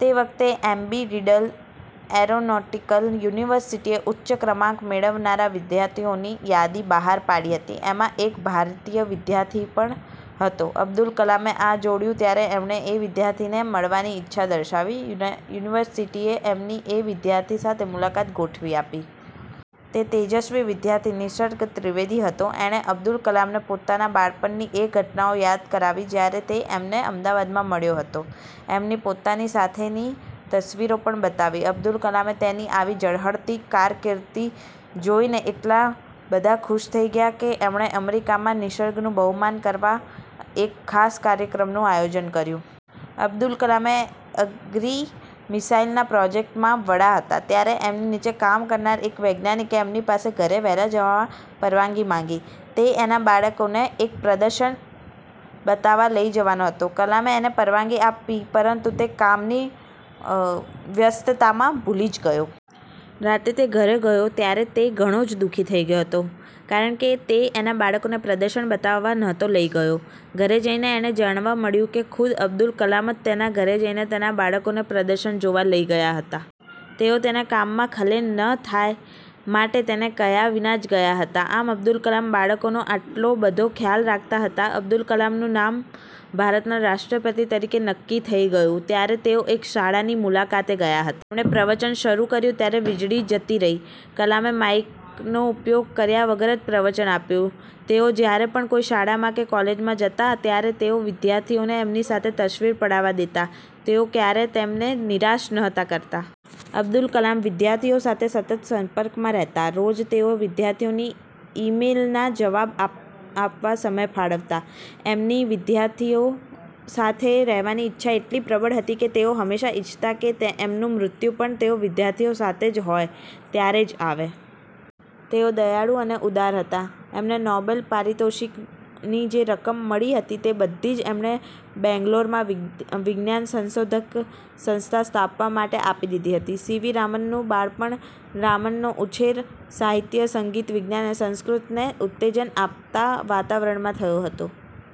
તે વખતે એમ્બી riddle aeronautical યુનિવર્સીટીએ ઉચ્ચ ક્રમાંક મેળવનારા વિદ્યાર્થીઓની યાદી બહાર પાડી હતી. એમાં એક ભારતીય વિદ્યાર્થી પણ હતો. અબ્દુલ કલામે આ જાણ્યું ત્યારે એમણે એ વિદ્યાર્થીને મળવાની ઈચ્છા દર્શાવી. યુનિવર્સીટીએ એમની એ વિદ્યાર્થી સાથે મુલાકાત ગોઠવી આપી. તે તેજસ્વી વિદ્યાર્થી નિસર્ગ ત્રિવેદી હતો! એણે અબ્દુલ કલામને પોતાના બાળપણની એ ઘટનાઓ યાદ કરાવી જયારે તે એમને અમદાવાદમાં મળ્યો હતો. એમની પોતાની સાથેની તસવીરો પણ બતાવી. અબ્દુલ કલામ તેની આવી ઝળહળતી કારકિર્દી જોઈને એટલા બધા ખુશ થઇ ગયા કે એમણે અમેરિકામાં નિસર્ગનું બહુમાન કરવા એક ખાસ કાર્યક્રમનું આયોજન કર્યું. અબ્દુલ કલામ અગ્નિ મિસાઈલના પ્રોજેક્ટમાં વડા હતા ત્યારે એમની નીચે કામ કરતા એક વૈજ્ઞાનિકે એમની પાસે ઘરે વહેલા જવા પરવાનગી માંગી. તે એના બાળકોને એક પ્રદર્શન બતાવવા લઇ જવાનો હતો. કલામે એને પરવાનગી આપી પરંતુ તે કામની વ્યસ્તતામાં ભૂલી જ ગયો. રાતે તે ઘરે ગયો ત્યારે તે ઘણો જ દુઃખી થઈ ગયો હતો કારણકે તે એના બાળકોને પ્રદર્શન બતાવવા નહોતો લઇ ગયો. ઘરે જઈને એને જાણવા મળ્યું કે ખુદ અબ્દુલ કલામ જ તેના ઘરે જઈને તેના બાળકોને પ્રદર્શન જોવા લઇ ગયા હતા! તેઓ તેને કામમાં ખલેલ ન થાય માટે તેને કહ્યા વિના જ ગયા હતા. આમ અબ્દુલ કલામ બાળકોનો આટલો બધો ખ્યાલ રાખતા હતા. અબ્દુલ કલામનું નામ ભારતના રાષ્ટ્રપતિ તરીકે નક્કી થઇ ગયું ત્યારે તેઓ એક શાળાની મુલાકાતે ગયા હતા. એમણે પ્રવચન શરુ કર્યું ત્યારે વીજળી જતી રહી. કલામે માઈકનો ઉપયોગ કર્યા વગર જ પ્રવચન આપ્યું. તેઓ જયારે પણ કોઈ શાળામાં કે કોલેજમાં જતા ત્યારે તેઓ વિદ્યાર્થીઓને એમની સાથે તસ્વીર પડાવવા દેતા. તેઓ ક્યારેય તેમને નિરાશ નહોતા કરતા. અબ્દુલ કલામ વિદ્યાર્થીઓ સાથે સતત સંપર્કમાં રહેતા. રોજ તેઓ વિદ્યાર્થીઓની ઇમેઇલના જવાબ આપવા સમય ફાળવતા. એમની વિદ્યાર્થીઓ સાથે રહેવાની ઈચ્છા એટલી પ્રબળ હતી કે તેઓ હંમેશા ઇચ્છતા કે એમનું મૃત્યુ પણ તેઓ વિદ્યાર્થીઓ સાથે હોય ત્યારે જ આવે. તેઓ દયાળુ અને ઉદાર હતા. એમને નોબેલ પારિતોષિકની જે રકમ મળી હતી તે બધી જ એમણે બેન્ગલોરમાં વિજ્ઞાન સંશોધન સંસ્થા સ્થાપવા માટે આપી દીધી હતી. સી વી રામનનું બાળપણ રામનનો ઉછેર સાહિત્ય, સંગીત, વિજ્ઞાન અને સંસ્કૃતને ઉત્તેજન આપતા વાતાવરણમાં થયો હતો.